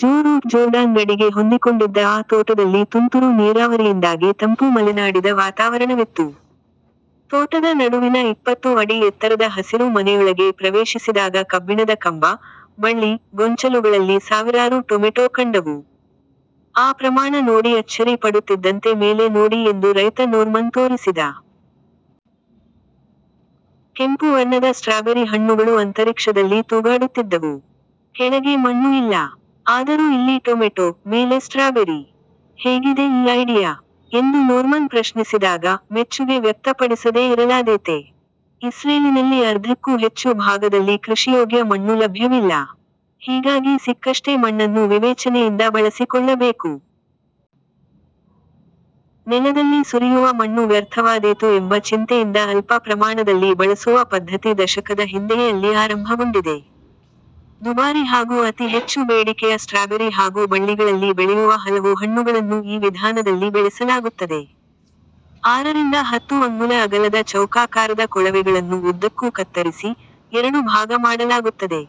ಜೋ Root Jordan ಗಡಿಗೆ ಹೊಂದಿಕೊಂಡಿದ್ದ ಆ ತೋಟದಲ್ಲಿ ತುಂತುರು ನೀರಾವರಿಯಿಂದಾಗಿ ತಂಪು ಮಲೆನಾಡಿದ ವಾತಾವರಣವಿತ್ತು. ತೋಟದ ನಡುವಿನ ಇಪ್ಪತ್ತು ಅಡಿ ಎತ್ತರದ ಹಸಿರು ಮನೆಯೊಳಗೆ ಪ್ರವೇಶಿಸಿದಾಗ ಕಬ್ಬಿಣದ ಕಂಬ, ಬಳ್ಳಿ, ಗೊಂಚಲುಗಳಲ್ಲಿ ಸಾವಿರಾರು ಟೊಮೆಟೊ ಕಂಡವು. ಆ ಪ್ರಮಾಣ ನೋಡಿ ಅಚ್ಚರಿ ಪಡುತ್ತಿದ್ದಂತೆ ಮೇಲೆ ನೋಡಿ ಎಂದು ರೈತ ನೋರ್ಮನ್ ತೋರಿಸಿದ. ಕೆಂಪು ವರ್ಣದ ಸ್ಟ್ರಾಬೆರಿ ಹಣ್ಣುಗಳು ಅಂತರಿಕ್ಷದಲ್ಲಿ ತೂಗಾಡುತ್ತಿದ್ದವು. ಕೆಳಗೆ ಮಣ್ಣು ಇಲ್ಲ. ಆದರೂ ಇಲ್ಲಿ ಟೊಮೆಟೊ, ಮೇಲೆ ಸ್ಟ್ರಾಬೆರಿ. ಹೇಗಿದೆ ಈ ಐಡಿಯಾ? ಎಂದು ನೋರ್ಮನ್ ಪ್ರಶ್ನಿಸಿದಾಗ, ಮೆಚ್ಚುಗೆ ವ್ಯಕ್ತಪಡಿಸದೇ ಇರಲಾದೀತೆ? ಇಸ್ರೇಲಿನಲ್ಲಿ ಅರ್ಧಕ್ಕೂ ಹೆಚ್ಚು ಭಾಗದಲ್ಲಿ ಕೃಷಿಯೋಗ್ಯ ಮಣ್ಣು ಲಭ್ಯವಿಲ್ಲ. ಹೀಗಾಗಿ ಸಿಕ್ಕಷ್ಟೇ ಮಣ್ಣನ್ನು ವಿವೇಚನೆಯಿಂದ ಬಳಸಿಕೊಳ್ಳಬೇಕು. ನೆಲದಲ್ಲಿ ಸುರಿಯುವ ಮಣ್ಣು ವ್ಯರ್ಥವಾದೀತು ಎಂಬ ಚಿಂತೆಯಿಂದ ಅಲ್ಪ ಪ್ರಮಾಣದಲ್ಲಿ ಬಳಸುವ ಪದ್ಧತಿ ದಶಕದ ಹಿಂದೆಯೇ ಅಲ್ಲಿ ಆರಂಭಗೊಂಡಿದೆ. ದುಬಾರಿ ಹಾಗೂ ಅತಿ ಹೆಚ್ಚು ಬೇಡಿಕೆಯ ಸ್ಟ್ರಾಬೆರಿ ಹಾಗೂ ಬಳ್ಳಿಗಳಲ್ಲಿ ಬೆಳೆಯುವ ಹಲವು ಹಣ್ಣುಗಳನ್ನು ಈ ವಿಧಾನದಲ್ಲಿ ಬೆಳೆಸಲಾಗುತ್ತದೆ. ಆರರಿಂದ ಹತ್ತು ಅಂಗುಲ ಅಗಲದ ಚೌಕಾಕಾರದ ಕೊಳವೆಗಳನ್ನು ಉದ್ದಕ್ಕೂ ಕತ್ತರಿಸಿ, ಎರಡು ಭಾಗ ಮಾಡಲಾಗುತ್ತದೆ.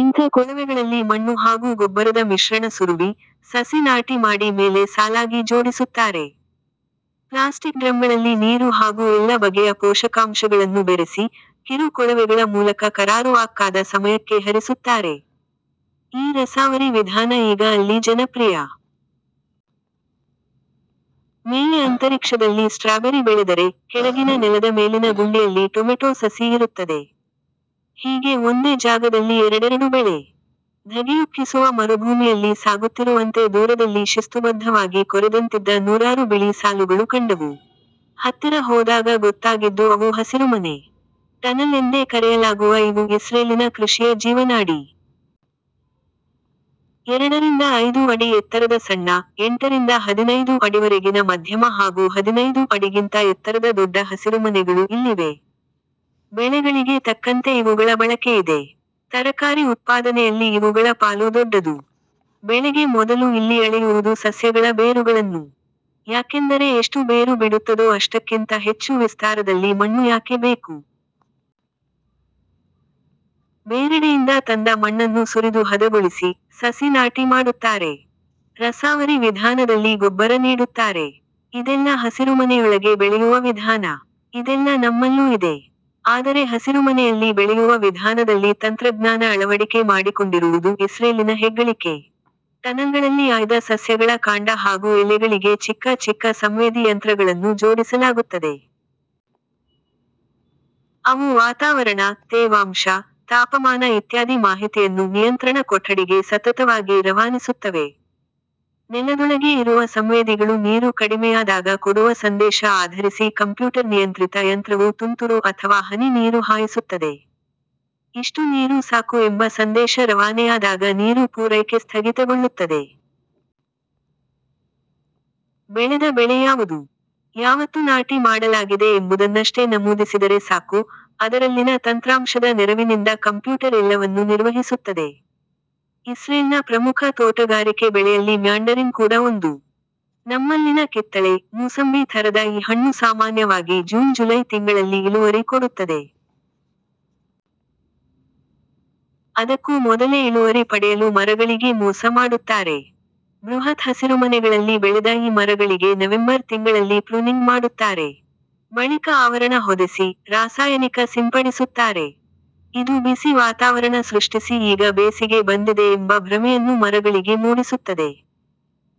ಇಂಥ ಕೊಳವೆಗಳಲ್ಲಿ ಮಣ್ಣು ಹಾಗೂ ಗೊಬ್ಬರದ ಮಿಶ್ರಣ ಸುರುವಿ, ಸಸಿ ನಾಟಿ ಮಾಡಿ ಮೇಲೆ ಸಾಲಾಗಿ ಜೋಡಿಸುತ್ತಾರೆ. ಪ್ಲಾಸ್ಟಿಕ್ ಡ್ರಮ್ಗಳಲ್ಲಿ ನೀರು ಹಾಗೂ ಎಲ್ಲ ಬಗೆಯ ಪೋಷಕಾಂಶಗಳನ್ನು ಬೆರೆಸಿ, ಕಿರು ಕೊಳವೆಗಳ ಮೂಲಕ ಕರಾರುವಾಕ್ಕಾದ ಸಮಯಕ್ಕೆ ಹರಿಸುತ್ತಾರೆ. ಈ ರಸಾವರಿ ವಿಧಾನ ಈಗ ಅಲ್ಲಿ ಜನಪ್ರಿಯ. ಮೇಲೆ ಅಂತರಿಕ್ಷದಲ್ಲಿ ಸ್ಟ್ರಾಬೆರಿ ಬೆಳೆದರೆ, ಕೆಳಗಿನ ನೆಲದ ಮೇಲಿನ ಗುಂಡಿಯಲ್ಲಿ ಟೊಮೆಟೊ ಸಸಿ ಇರುತ್ತದೆ. ಹೀಗೆ ಒಂದೇ ಜಾಗದಲ್ಲಿ ಎರಡೆರಡು ಬೆಳೆ. ಧಗೆಯುಕ್ಕಿಸುವ ಮರುಭೂಮಿಯಲ್ಲಿ ಸಾಗುತ್ತಿರುವಂತೆ ದೂರದಲ್ಲಿ ಶಿಸ್ತುಬದ್ಧವಾಗಿ ಕೊರೆದಂತಿದ್ದ ನೂರಾರು ಬಿಳಿ ಸಾಲುಗಳು ಕಂಡವು. ಹತ್ತಿರ ಹೋದಾಗ ಗೊತ್ತಾಗಿದ್ದು ಅವು ಹಸಿರುಮನೆ. ಟನಲ್ ಎಂದೇ ಕರೆಯಲಾಗುವ ಇವು ಇಸ್ರೇಲಿನ ಕೃಷಿಯ ಜೀವನಾಡಿ. ಎರಡರಿಂದ ಐದು ಅಡಿ ಎತ್ತರದ ಸಣ್ಣ, ಎಂಟರಿಂದ ಹದಿನೈದು ಅಡಿವರೆಗಿನ ಮಧ್ಯಮ ಹಾಗೂ ಹದಿನೈದು ಅಡಿಗಿಂತ ಎತ್ತರದ ದೊಡ್ಡ ಹಸಿರುಮನೆಗಳು ಇಲ್ಲಿವೆ. ಬೆಳೆಗಳಿಗೆ ತಕ್ಕಂತೆ ಇವುಗಳ ಬಳಕೆಯಿದೆ. ತರಕಾರಿ ಉತ್ಪಾದನೆಯಲ್ಲಿ ಇವುಗಳ ಪಾಲು ದೊಡ್ಡದು. ಬೆಳೆಗೆ ಮೊದಲು ಇಲ್ಲಿ ಅಳೆಯುವುದು ಸಸ್ಯಗಳ ಬೇರುಗಳನ್ನು. ಯಾಕೆಂದರೆ ಎಷ್ಟು ಬೇರು ಬಿಡುತ್ತದೋ ಅಷ್ಟಕ್ಕಿಂತ ಹೆಚ್ಚು ವಿಸ್ತಾರದಲ್ಲಿ ಮಣ್ಣು ಯಾಕೆ ಬೇಕು? ಬೇರೆಡೆಯಿಂದ ತಂದ ಮಣ್ಣನ್ನು ಸುರಿದು ಹದಗೊಳಿಸಿ, ಸಸಿ ನಾಟಿ ಮಾಡುತ್ತಾರೆ. ರಸಾವರಿ ವಿಧಾನದಲ್ಲಿ ಗೊಬ್ಬರ ನೀಡುತ್ತಾರೆ. ಇದೆಲ್ಲ ಹಸಿರುಮನೆಯೊಳಗೆ ಬೆಳೆಯುವ ವಿಧಾನ. ಇದೆಲ್ಲ ನಮ್ಮಲ್ಲೂ ಇದೆ. ಆದರೆ ಹಸಿರುಮನೆಯಲ್ಲಿ ಬೆಳೆಯುವ ವಿಧಾನದಲ್ಲಿ ತಂತ್ರಜ್ಞಾನ ಅಳವಡಿಕೆ ಮಾಡಿಕೊಂಡಿರುವುದು ಇಸ್ರೇಲಿನ ಹೆಗ್ಗಳಿಕೆ. ಟನಲ್ಗಳಲ್ಲಿ ಆಯ್ದ ಸಸ್ಯಗಳ ಕಾಂಡ ಹಾಗೂ ಎಲೆಗಳಿಗೆ ಚಿಕ್ಕ ಚಿಕ್ಕ ಸಂವೇದಿ ಯಂತ್ರಗಳನ್ನು ಜೋಡಿಸಲಾಗುತ್ತದೆ. ಅವು ವಾತಾವರಣ, ತೇವಾಂಶ, ತಾಪಮಾನ ಇತ್ಯಾದಿ ಮಾಹಿತಿಯನ್ನು ನಿಯಂತ್ರಣ ಕೊಠಡಿಗೆ ಸತತವಾಗಿ ರವಾನಿಸುತ್ತವೆ. ನೆಲದೊಳಗೇ ಇರುವ ಸಂವೇದಿಗಳು ನೀರು ಕಡಿಮೆಯಾದಾಗ ಕೊಡುವ ಸಂದೇಶ ಆಧರಿಸಿ ಕಂಪ್ಯೂಟರ್ ನಿಯಂತ್ರಿತ ಯಂತ್ರವು ತುಂತುರು ಅಥವಾ ಹನಿ ನೀರು ಹಾಯಿಸುತ್ತದೆ. ಇಷ್ಟು ನೀರು ಸಾಕು ಎಂಬ ಸಂದೇಶ ರವಾನೆಯಾದಾಗ ನೀರು ಪೂರೈಕೆ ಸ್ಥಗಿತಗೊಳ್ಳುತ್ತದೆ. ಬೆಳೆದ ಬೆಳೆ ಯಾವುದು? ಯಾವತ್ತು ನಾಟಿ ಮಾಡಲಾಗಿದೆ ಎಂಬುದನ್ನಷ್ಟೇ ನಮೂದಿಸಿದರೆ ಸಾಕು, ಅದರಲ್ಲಿನ ತಂತ್ರಾಂಶದ ನೆರವಿನಿಂದ ಕಂಪ್ಯೂಟರ್ ಎಲ್ಲವನ್ನು ನಿರ್ವಹಿಸುತ್ತದೆ. ಇಸ್ರೇಲ್ನ ಪ್ರಮುಖ ತೋಟಗಾರಿಕೆ ಬೆಳೆಯಲ್ಲಿ ಮ್ಯಾಂಡರಿನ್ ಕೂಡ ಒಂದು. ನಮ್ಮಲ್ಲಿನ ಕಿತ್ತಳೆ, ಮೂಸಂಬಿ ಥರದ ಈ ಹಣ್ಣು ಸಾಮಾನ್ಯವಾಗಿ ಜೂನ್ ಜುಲೈ ತಿಂಗಳಲ್ಲಿ ಇಳುವರಿ ಕೊಡುತ್ತದೆ. ಅದಕ್ಕೂ ಮೊದಲೇ ಇಳುವರಿ ಪಡೆಯಲು ಮರಗಳಿಗೇ ಮೋಸ ಮಾಡುತ್ತಾರೆ. ಬೃಹತ್ ಹಸಿರುಮನೆಗಳಲ್ಲಿ ಬೆಳೆದ ಈ ಮರಗಳಿಗೆ ನವೆಂಬರ್ ತಿಂಗಳಲ್ಲಿ ಪ್ರೂನಿಂಗ್ ಮಾಡುತ್ತಾರೆ. ಬಳಿಕ ಆವರಣ ಹೊದೆಸಿ, ರಾಸಾಯನಿಕ ಸಿಂಪಡಿಸುತ್ತಾರೆ. ಇದು ಬಿಸಿ ವಾತಾವರಣ ಸೃಷ್ಟಿಸಿ ಈಗ ಬೇಸಿಗೆ ಬಂದಿದೆ ಎಂಬ ಭ್ರಮೆಯನ್ನು ಮರಗಳಿಗೆ ಮೂಡಿಸುತ್ತದೆ.